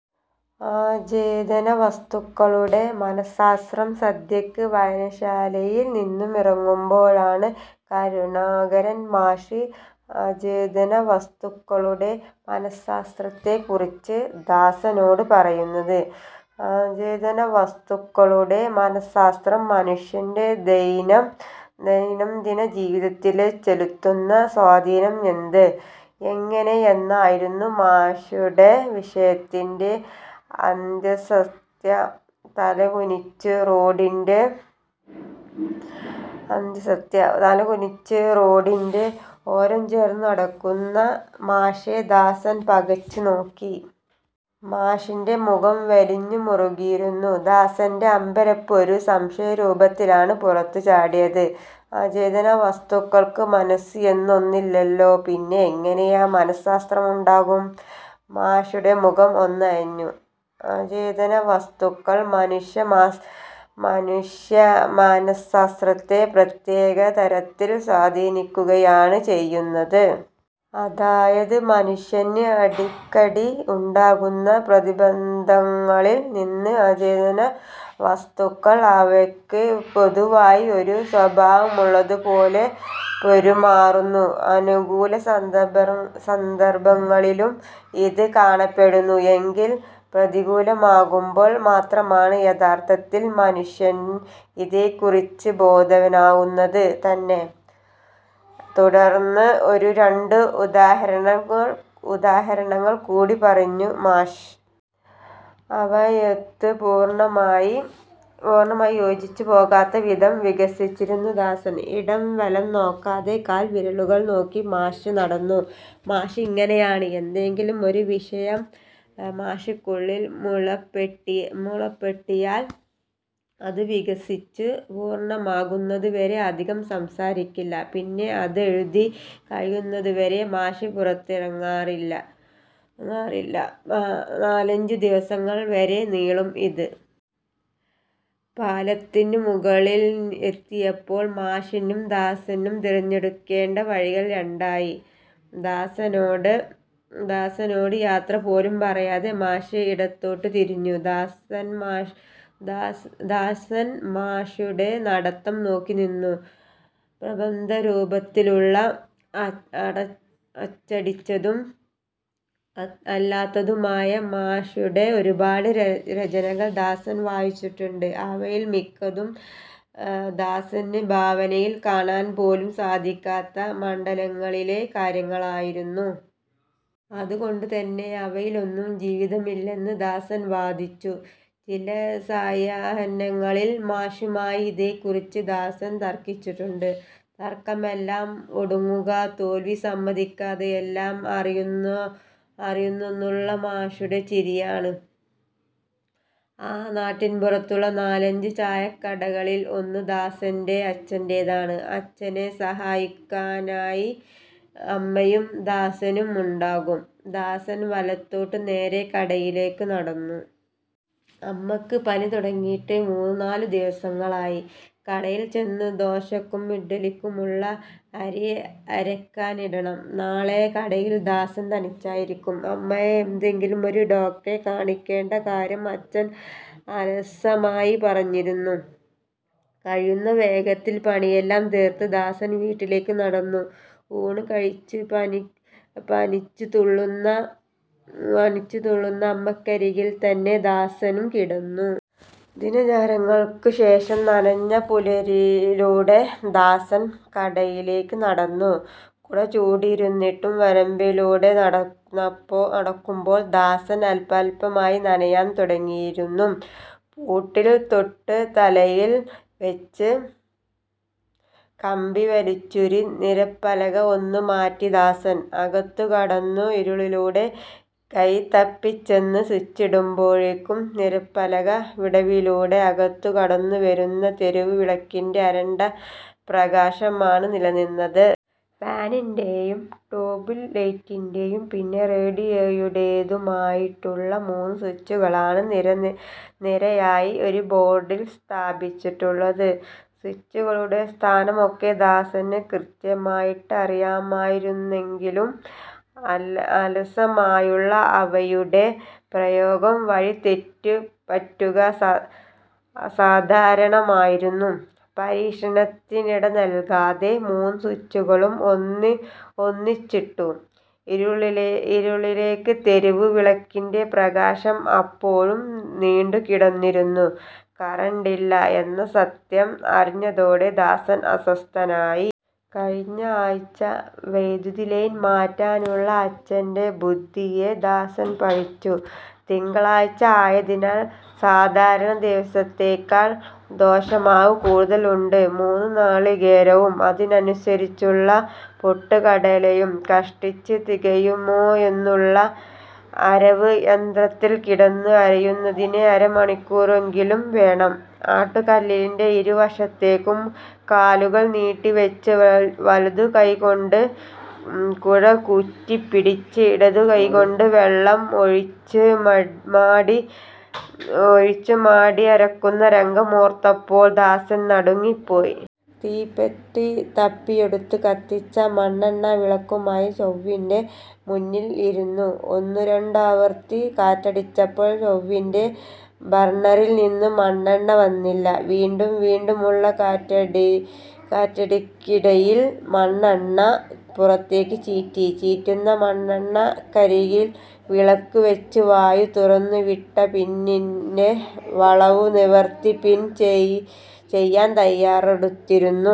അചേതനവസ്തുക്കളുടെ മനശ്ശാസ്ത്രം സന്ധ്യയ്ക്ക് വായനശാലയിൽ നിന്നിറങ്ങുമ്പോഴാണ് കരുണാകരൻ മാഷ് അചേതനവസ്തുക്കളുടെ മനശ്ശാസ്ത്രത്തെക്കുറിച്ചു ദാസനോട് പറയുന്നത്. അചേതനവസ്തുക്കളുടെ മനശ്ശാസ്ത്രം മനുഷ്യന്റെ ദൈനം ദിന ജീവിതത്തിൽ ചെലുത്തുന്ന സ്വാധീനം എന്ത്, എങ്ങനെ എന്നതായിരുന്നു മാഷുടെ വിഷയത്തിന്റെ അന്തസത്ത. തലകുനിച്ചു റോഡിന്റെ ഓരം ചേർന്ന് നടക്കുന്ന മാഷെ ദാസൻ പകച്ചുനോക്കി. മാഷുടെ മുഖം വലിഞ്ഞു മുറുകിയിരുന്നു. ദാസന്റെ അമ്പരപ്പ് ഒരു സംശയരൂപത്തിലാണ് പുറത്തു ചാടിയത്. '' അചേതന വസ്തുക്കൾക്ക് മനസ്സ് എന്ന ഒന്നില്ലല്ലോ, പിന്നെ എങ്ങനെ മനശ്ശാസ്ത്രമുണ്ടാകും? '' മാഷുടെ മുഖം ഒന്നയഞ്ഞു. '' അചേതന വസ്തുക്കൾ മനുഷ്യ മനശ്ശാസ്ത്രത്തെ പ്രത്യേക തരത്തിൽ സ്വാധീനിക്കുകയാണ് ചെയ്യുന്നത്. അതായത് മനുഷ്യന് അടിക്കടി ഉണ്ടാകുന്ന പ്രതിബന്ധങ്ങളിൽ ഈ അചേതന വസ്തുക്കൾ അവയ്ക്ക് പൊതുവായി ഒരു സ്വഭാവമുള്ളതുപോലെ പെരുമാറുന്നു. അനുകൂല സന്ദർഭങ്ങളിലും ഇത് കാണപ്പെടുന്നുണ്ട്. എങ്കിലും പ്രതികൂലമാകുമ്പോൾ മാത്രമാണ് യഥാർത്ഥത്തിൽ മനുഷ്യൻ ഇതേക്കുറിച്ചു ബോധവാനാകുന്നത് തന്നെ '' തുടർന്ന് ഒന്ന് രണ്ട് ഉദാഹരണംഉദാഹരണങ്ങൾ കൂടി പറഞ്ഞു മാഷ്. അവയൊത്ത് പൂർണമായി യോജിച്ചു പോകത്തക്കവിധം വികസിച്ചിരുന്നില്ല ദാസൻ. ഇടം വലം നോക്കാതെ കാൽവിരലുകൾ നോക്കി മാഷ് നടന്നു. മാഷിങ്ങനെയാണ്. ഏന്തെങ്കിലും ഒരു വിഷയം മാഷുക്കുള്ളിൽ മുളപൊട്ടിയാൽ അതുവികസിച്ചു പൂർണ്ണമാകുന്നതുവരെ അധികം സംസാരിക്കില്ല. പിന്നെ അതെഴുതി കഴിയുന്നതുവരെ മാഷ് പുറത്തേക്കിറങ്ങില്ല. നാലഞ്ചു ദിവസങ്ങൾ വരെ നീളാം ഇത്. പാലത്തിനുമുകളിൽ എത്തിയപ്പോൾ മാഷിനും ദാസനും തെരഞ്ഞെടുക്കേണ്ട വഴികൾ രണ്ടായി. ദാസനോട് യാത്രപോലും പറയാതെ മാഷ് ഇടത്തോട്ടു തിരിഞ്ഞു. ദാസൻ മാഷുടെ നടത്തം നോക്കി നിന്നു. പ്രബന്ധരൂപത്തിലുള്ള അച്ചടിച്ചതും അല്ലാത്തതുമായ മാഷുടെ ഒരുപാട് രചനകൾ ദാസൻ വായിച്ചിട്ടുണ്ട്. അവയിൽ മിക്കതും ദാസന് ഭാവനയിൽ കാണാൻ പോലും സാധിക്കാത്ത മണ്ഡലങ്ങളിലെ കാര്യങ്ങളായിരുന്നു. അതുകൊണ്ടുതന്നെ അവയിലൊന്നും ജീവിതമില്ലെന്ന് ദാസൻ വാദിച്ചു. ചില സായാഹ്നങ്ങളിൽ മാഷുമായി ഇതേക്കുറിച്ചു ദാസൻ തർക്കിച്ചിട്ടുണ്ട്. തർക്കമെല്ലാം ഒടുങ്ങുക തോൽവിസമ്മതിക്കാത്ത എല്ലാം അറിയുന്നെന്നുള്ള മാഷുടെ ചിരിയിലാണ്. ആ നാട്ടിൻപുറത്തുള്ള നാലഞ്ചു ചായക്കടകളിൽ ഒന്ന് ദാസന്റെ അച്ഛന്റേതാണ്. അച്ഛനെ സഹായിക്കാനായി അമ്മയും ദാസനുമു ണ്ടാകും. ദാസൻ വലത്തോട്ട് നേരെ കടയിലേക്ക് നടന്നു. അമ്മയ്ക്ക് പനി തുടങ്ങിയിട്ട് മൂന്നു നാലു ദിവസങ്ങളായി. കടയിൽ ചെന്ന് ദോശക്കും ഇഡ്ഡലിക്കുമുള്ളത് അരയ്ക്കാനിടണം. നാളെ കടയിൽ ദാസൻ തനിച്ചായിരിക്കും. അമ്മയെ ഏതെങ്കിലും ഒരു ഡോക്ടറെ കാണിക്കേണ്ടകാര്യം അച്ഛൻ അലസമായി പറഞ്ഞിരുന്നു. കഴിയുന്ന വേഗത്തിൽ പണിയെല്ലാം തീർത്ത് ദാസൻ വീട്ടിലേക്കു നടന്നു. ഊണുകഴിച്ചു പനിച്ചുതുള്ളുന്ന അമ്മക്കരികിൽ തന്നെ ദാസനും കിടന്നു. ദിനചര്യകൾക്കുശേഷം നനഞ്ഞ പുലരിയിലൂടെ ദാസൻ കടയിലേക്ക് നടന്നു. കുടചൂടിയിരുന്നിട്ടും വരമ്പിലൂടെ നടക്കുമ്പോൾ ദാസൻ അൽപാൽപമായി നനയാൻ തുടങ്ങിയിരുന്നു. പൂട്ടിൽ തൊട്ടുതലയിൽ വെച്ച് കമ്പി വലിച്ചൂരി നിരപ്പലക ഒന്ന് മാറ്റി ദാസൻ അകത്തുകടന്നു. ഇരുളിലൂടെ കൈതപ്പിചെന്ന് സ്വിച്ചിട്ടപ്പോഴും നിരപ്പലക വിടവിലൂടെ അകത്തുകടന്നുവരുന്ന തെരുവുവിളക്കിന്റെ അരണ്ട പ്രകാശമാണ് നിലനിന്നത്. ഫാനിന്റേയും ട്യൂബ് ലൈറ്റിന്റെയും പിന്നെ റേഡിയോയുടേതുമായിട്ടുള്ള മൂന്നു സ്വിച്ചുകളാണ് നിരയായി ഒരു ബോർഡിൽ സ്ഥാപിച്ചിട്ടുള്ളത്. സ്വിച്ചുകളുടെ സ്ഥാനമൊക്കെ ദാസന് കൃത്യമായിട്ട് അറിയുമായിരുന്നെങ്കിലും അലസമായുള്ള അവയുടെ പ്രയോഗംവഴി തെറ്റുപറ്റുക സാധാരണമായിരുന്നു. പരീക്ഷണത്തിനിടനൽകാതെ മൂന്നു സ്വിച്ചുകളും ഒന്നിച്ചിട്ടു. ഇരുളിലേക്ക് തെരുവ് വിളക്കിന്റെ പ്രകാശം അപ്പോഴും നീണ്ടുകിടന്നിരുന്നു. കറണ്ടില്ല എന്ന സത്യം അറിഞ്ഞതോടെ ദാസൻ അസ്വസ്ഥനായി. കഴിഞ്ഞ ആഴ്ചയിൽ വൈദ്യുതി ലൈൻ മാറ്റാനുള്ള അച്ഛന്റെ ബുദ്ധിയെ ദാസൻ പഴിച്ചു. തിങ്കളാഴ്ച ആയതിനാൽ സാധാരണ ദിവസത്തേക്കാൾ ദോശമാവ് കൂടുതൽ ഉണ്ട്. മൂന്നു നാളികേരവും അതിനനുസരിച്ചുള്ള പൊട്ടുകടലയും കഷ്ടിച്ച് തികയുമെന്നേയുള്ളു. അരവ് യന്ത്രത്തിൽ കിടന്ന് അരയുന്നതിന് അരമണിക്കൂറെങ്കിലും വേണം. ആട്ടുക്കല്ലിന്റെ ഇരു വശത്തേക്കും കാലുകൾ നീട്ടിവെച്ചു വലതു കൈക്കൊണ്ട് കുഴക്കുറ്റി പിടിച്ചു ഇടതു കൈക്കൊണ്ട് വെള്ളം ഒഴിച്ച് മാടി അരക്കുന്ന രംഗമോർത്തപ്പോൾ ദാസൻ നടുങ്ങിപ്പോയി. തീപ്പെട്ടി തപ്പിയെടുത്ത് കത്തിച്ച മണ്ണെണ്ണ വിളക്കുമായി സ്റ്റൗവിനു മുന്നിൽ ഇരുന്നു. ഒന്നുരണ്ടാവർത്തി കാറ്റടിച്ചപ്പോഴും സ്റ്റൗവിന്റെ ബർണറിൽ നിന്ന് മണ്ണെണ്ണ വന്നില്ല. വീണ്ടും വീണ്ടുമുള്ള കാറ്റടിക്കിടയിൽ മണ്ണെണ്ണ പുറത്തേക്ക് ചീറ്റി. ചീറ്റുന്ന മണ്ണെണ്ണക്കരികിൽ വിളക്ക് വെച്ച് വായു തുറന്നുവിട്ട പിന്നിന്റെ വളവുനിവർത്തി പിൻ ചെയ്യാൻ തയാറെടുത്തിരുന്നു.